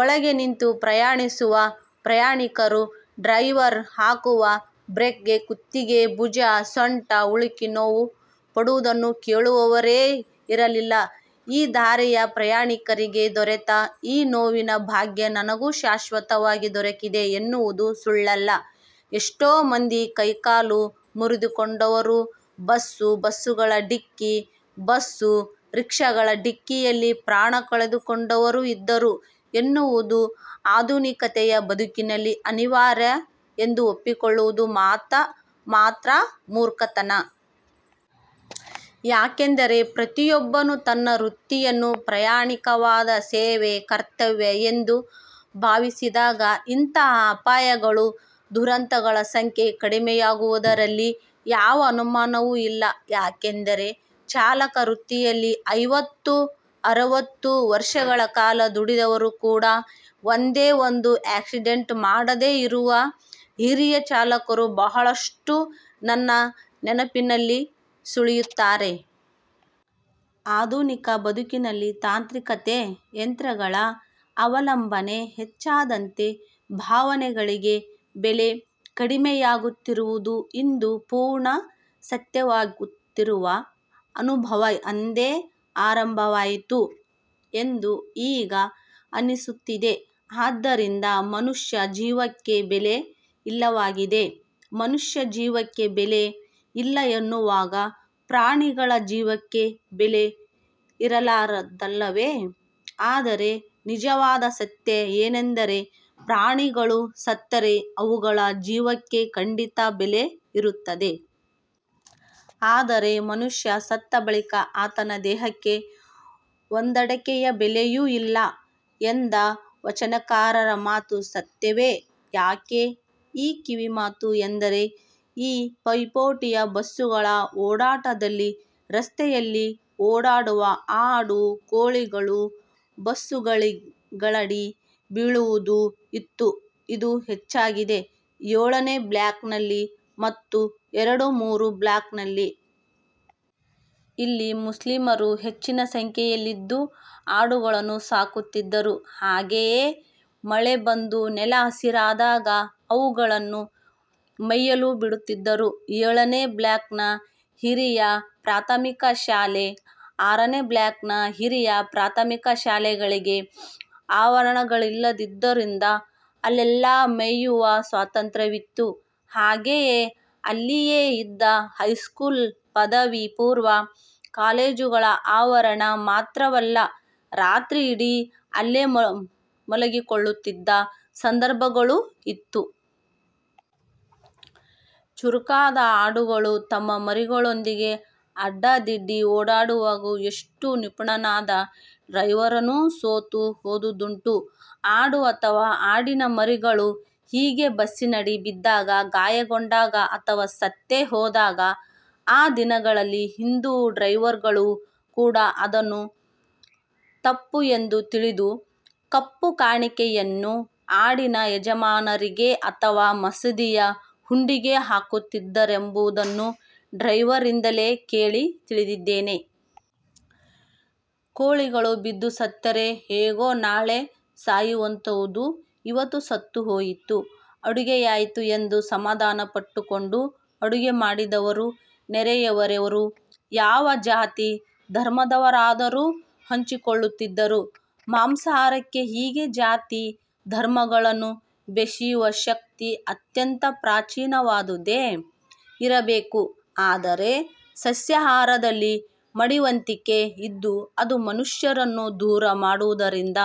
ಒಳಗೆ ನಿಂತು ಪ್ರಯಾಣಿಸುವ ಪ್ರಯಾಣಿಕರು ಡ್ರೈವರ್ ಹಾಕುವ ಬ್ರೇಕ್ಗೆ ಕುತ್ತಿಗೆ, ಭುಜ, ಸೊಂಟ ಉಳುಕಿ ನೋವು ಪಡುವುದನ್ನು ಕೇಳುವವರೇ ಇರಲಿಲ್ಲ. ಈ ದಾರಿಯ ಪ್ರಯಾಣಿಕರಿಗೆ ದೊರೆತ ಈ ನೋವಿನ ಭಾಗ್ಯ ನನಗೂ ಶಾಶ್ವತವಾಗಿ ದೊರಕಿದೆ ಎನ್ನುವುದು ಸುಳ್ಳಲ್ಲ. ಎಷ್ಟೋ ಮಂದಿ ಕೈ ಕಾಲು ಮುರಿದುಕೊಂಡವರೂ, ಬಸ್ಸು ಬಸ್ಸುಗಳ ಢಿಕ್ಕಿ, ಬಸ್ಸು ರಿಕ್ಷಾಗಳ ಢಿಕ್ಕಿಯಲ್ಲಿ ಪ್ರಾಣ ಕಳಕೊಂಡವರೂ ಇದ್ದರು ಎನ್ನುವುದು ಆಧುನಿಕತೆಯ ಬದುಕಿನಲ್ಲಿ ಅನಿವಾರ್ಯ ಎಂದು ಒಪ್ಪಿಕೊಳ್ಳುವುದು ಮಾತ್ರ ಮೂರ್ಖತನ. ಯಾಕೆಂದರೆ ಪ್ರತಿಯೊಬ್ಬನೂ ತನ್ನ ವೃತ್ತಿಯನ್ನು ಪ್ರಾಮಾಣಿಕವಾದ ಸೇವೆ, ಕರ್ತವ್ಯ ಎಂದು ಭಾವಿಸಿದಾಗ ಇಂತಹ ಅಪಾಯಗಳು, ದುರಂತಗಳ ಸಂಖ್ಯೆ ಕಡಿಮೆಯಾಗುವುದರಲ್ಲಿ ಯಾವ ಅನುಮಾನವೂ ಇಲ್ಲ. ಯಾಕೆಂದರೆ ಚಾಲಕ ವೃತ್ತಿಯಲ್ಲಿ ಐವತ್ತು, ಅರವತ್ತು ವರ್ಷಗಳ ಕಾಲ ದುಡಿದವರು ಕೂಡಾ ಒಂದೇ ಒಂದು ಆಕ್ಸಿಡೆಂಟ್ ಮಾಡದೆ ಇರುವ ಹಿರಿಯ ಚಾಲಕರು ಬಹಳಷ್ಟು ನನ್ನ ನೆನಪಿನಲ್ಲಿ ಸುಳಿಯುತ್ತಾರೆ. ಆಧುನಿಕ ಬದುಕಿನಲ್ಲಿ ತಾಂತ್ರಿಕತೆ, ಯಂತ್ರಗಳ ಅವಲಂಬನೆ ಹೆಚ್ಚಾದಂತೆ ಭಾವನೆಗಳಿಗೆ ಬೆಲೆ ಕಡಿಮೆಯಾಗುತ್ತಿರುವುದು ಇಂದು ಪೂರ್ಣ ಸತ್ಯವಾಗುತ್ತಿರುವ ಅನುಭವ ಅಂದೇ ಆರಂಭವಾಯಿತು ಎಂದು ಈಗ ಅನ್ನಿಸುತ್ತಿದೆ. ಆದ್ದರಿಂದ ಮನುಷ್ಯ ಜೀವಕ್ಕೆ ಬೆಲೆ ಇಲ್ಲವಾಗಿದೆ. ಮನುಷ್ಯ ಜೀವಕ್ಕೆ ಬೆಲೆ ಇಲ್ಲ ಎನ್ನುವಾಗ ಪ್ರಾಣಿಗಳ ಜೀವಕ್ಕೆ ಬೆಲೆ ಇರಲಾರದಲ್ಲವೇ ಆದರೆ ನಿಜವಾದ ಸತ್ಯ ಏನೆಂದರೆ ಪ್ರಾಣಿಗಳು ಸತ್ತರೆ ಅವುಗಳ ಜೀವಕ್ಕೆ ಖಂಡಿತಾ ಬೆಲೆ ಇರುತ್ತದೆ. ಆದರೆ ಮನುಷ್ಯ ಸತ್ತ ಬಳಿಕ ಆತನ ದೇಹಕ್ಕೆ ಒಂದಡಕೆಯ ಬೆಲೆಯೂ ಇಲ್ಲ ಎಂದ ವಚನಕಾರರ ಮಾತು ಸತ್ಯವೇ ಯಾಕೆ ಈ ಕಿವಿಮಾತು ಎಂದರೆ ಈ ಪೈಪೋಟಿಯ ಬಸ್ಸುಗಳ ಓಡಾಟದಲ್ಲಿ ರಸ್ತೆಯಲ್ಲಿ ಓಡಾಡುವ ಆಡು, ಕೋಳಿಗಳು ಬಸ್ಸುಗಳಡಿ ಬೀಳುವುದೂ ಇತ್ತು. ಇದು ಹೆಚ್ಚಾಗಿ ಏಳನೆ ಬ್ಲಾಕ್ನಲ್ಲಿ ಮತ್ತು ಎರಡು, ಮೂರನೆ ಬ್ಲಾಕ್ನಲ್ಲಿ. ಇಲ್ಲಿ ಮುಸ್ಲಿಮರು ಹೆಚ್ಚಿನ ಸಂಖ್ಯೆಯಲ್ಲಿದ್ದು ಆಡುಗಳನ್ನು ಸಾಕುತ್ತಿದ್ದರು. ಹಾಗೆಯೇ ಮಳೆ ಬಂದು ನೆಲ ಹಸಿರಾದಾಗ ಅವುಗಳನ್ನು ಮೇಯಲು ಬಿಡುತ್ತಿದ್ದರು. ಏಳನೆ ಬ್ಲಾಕ್ನ ಹಿರಿಯ ಪ್ರಾಥಮಿಕ ಶಾಲೆ, ಆರನೆ ಬ್ಲಾಕ್ನ ಹಿರಿಯ ಪ್ರಾಥಮಿಕ ಶಾಲೆಗಳಿಗೆ ಆವರಣಗಳಿಲ್ಲದಿದ್ದುದರಿಂದ ಅಲ್ಲೆಲ್ಲಾ ಮೇಯುವ ಸ್ವಾತಂತ್ತ್ರ್ಯವಿತ್ತು. ಹಾಗೆಯೇ ಅಲ್ಲಿಯೇ ಇದ್ದ ಹೈಸ್ಕೂಲ್, ಪದವಿ ಪೂರ್ವ ಕಾಲೇಜುಗಳ ಆವರಣ ಮಾತ್ರವಲ್ಲ, ರಾತ್ರಿಯಿಡೀ ಅಲ್ಲೇ ಮಲಗಿಕೊಳ್ಳುತ್ತಿದ್ದ ಸಂದರ್ಭಗಳೂ ಇತ್ತು. ಚುರುಕಾದ ಆಡುಗಳು ತಮ್ಮ ಮರಿಗಳೊಂದಿಗೆ ಅಡ್ಡಾದಿಡ್ಡಿ ಓಡಾಡುವಾಗ ಎಷ್ಟು ನಿಪುಣನಾದ ಡ್ರೈವರನೂ ಸೋತು ಹೋದುದುಂಟು. ಆಡು ಅಥವಾ ಆಡಿನ ಮರಿಗಳು ಹೀಗೆ ಬಸ್ಸಿನಡಿ ಬಿದ್ದಾಗ, ಗಾಯಗೊಂಡಾಗ ಅಥವಾ ಸತ್ತೇ ಹೋದಾಗ ಆ ದಿನಗಳಲ್ಲಿ ಹಿಂದೂ ಡ್ರೈವರ್ಗಳು ಕೂಡಾ ಅದನ್ನು ತಪ್ಪು ಎಂದು ತಿಳಿದು 'ತಪ್ಪು ಕಾಣಿಕೆ'ಯನ್ನು ಆಡಿನ ಯಜಮಾನರಿಗೆ ಅಥವಾ ಮಸೀದಿಯ ಹುಂಡಿಗೆ ಹಾಕುತ್ತಿದ್ದರೆಂಬುದನ್ನು ಡ್ರೈವರ್ರಿಂದಲೇ ಕೇಳಿ ತಿಳಿದಿದ್ದೇನೆ. ಕೋಳಿಗಳು ಬಿದ್ದು ಸತ್ತರೆ ಹೇಗೂ ನಾಳೆ ಸಾಯುವಂತಹುದು ಇವತ್ತು ಸತ್ತು ಹೋಯಿತು. ಅಡುಗೆಗಾಯ್ತು ಎಂದು ಸಮಾಧಾನಪಟ್ಟುಕೊಂಡು ಅಡುಗೆ ಮಾಡಿದವರು ನೆರೆಯವರು ಯಾವ ಜಾತಿ, ಧರ್ಮದವರಾದರೂ ಹಂಚಿಕೊಳ್ಳುತ್ತಿದ್ದರು. ಮಾಂಸಾಹಾರಕ್ಕೆ ಹೀಗೆ ಜಾತಿ ಧರ್ಮಗಳನ್ನು ಬೆಸೆಯುವ ಶಕ್ತಿ ಅತ್ಯಂತ ಪ್ರಾಚೀನವಾದುದೇ ಇರಬೇಕು. ಆದರೆ ಸಸ್ಯಾಹಾರದಲ್ಲಿ ಮಡಿವಂತಿಕೆ ಇದ್ದು, ಅದು ಮನುಷ್ಯರನ್ನು ದೂರ ಮಾಡುವುದರಿಂದ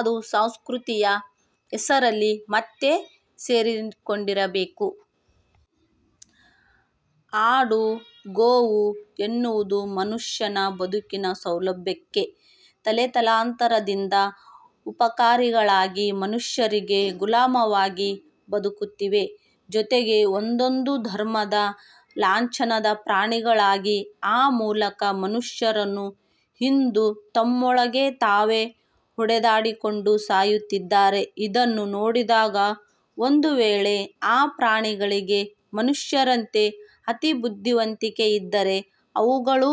ಅದು ಸಂಸ್ಕೃತಿಯ ಹೆಸರಲ್ಲಿ ಮತ್ತೆ ಸೇರಿಕೊಂಡಿರಬೇಕು. ಆಡು, ಗೋವು ಎನ್ನುವುದು ಮನುಷ್ಯನ ಬದುಕಿನ ಸೌಲಭ್ಯಕ್ಕೆ ತಲೆತಲಾಂತರದಿಂದ ಉಪಕಾರಿಗಳಾಗಿ ಮನುಷ್ಯರಿಗೆ ಗುಲಾಮವಾಗಿ ಬದುಕುತ್ತಿವೆ. ಜೊತೆಗೆ ಒಂದೊಂದು ಧರ್ಮದ ಲಾಂಛನದ ಪ್ರಾಣಿಗಳಾಗಿ ಆ ಮೂಲಕ ಮನುಷ್ಯರು ಇಂದು ತಮ್ಮೊಳಗೆ ತಾವೇ ಹೊಡೆದಾಡಿಕೊಂಡು ಸಾಯುತ್ತಿದ್ದಾರೆ. ಇದನ್ನು ನೋಡಿದಾಗ ಒಂದು ವೇಳೆ ಆ ಪ್ರಾಣಿಗಳಿಗೆ ಮನುಷ್ಯರಂತೆ ಅತೀ ಬುದ್ಧಿವಂತಿಕೆ ಇದ್ದರೆ ಅವುಗಳು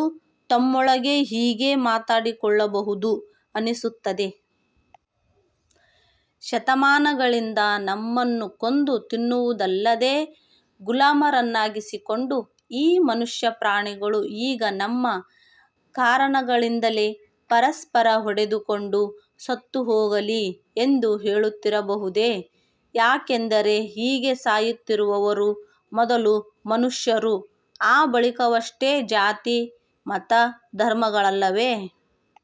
ತಮ್ಮೊಳಗೆ ಹೀಗೆ ಮಾತಾಡಿಕೊಳ್ಳಬಹುದು ಅನ್ನಿಸುತ್ತದೆ. ''ಶತಮಾನಗಳಿಂದ ನಮ್ಮನ್ನು ಕೊಂದು ತಿನ್ನುವುದಲ್ಲದೆ, ಗುಲಾಮರನ್ನಾಗಿಸಿಕೊಂಡ ಈ ಮನುಷ್ಯ ಪ್ರಾಣಿಗಳು ಈಗ ನಮ್ಮ ಕಾರಣಗಳಿಂದಲೇ ಪರಸ್ಪರ ಹೊಡೆದುಕೊಂಡು ಸತ್ತು ಹೋಗಲಿ'' ಎಂದು ಹೇಳುತ್ತಿರಬಹುದೇ ಯಾಕೆಂದರೆ ಹೀಗೆ ಸಾಯುತ್ತಿರುವವರು ಮೊದಲು ಮನುಷ್ಯರು, ಆ ಬಳಿಕವಷ್ಟೇ ಜಾತಿ, ಮತ, ಧರ್ಮಗಳಲ್ಲವೇ.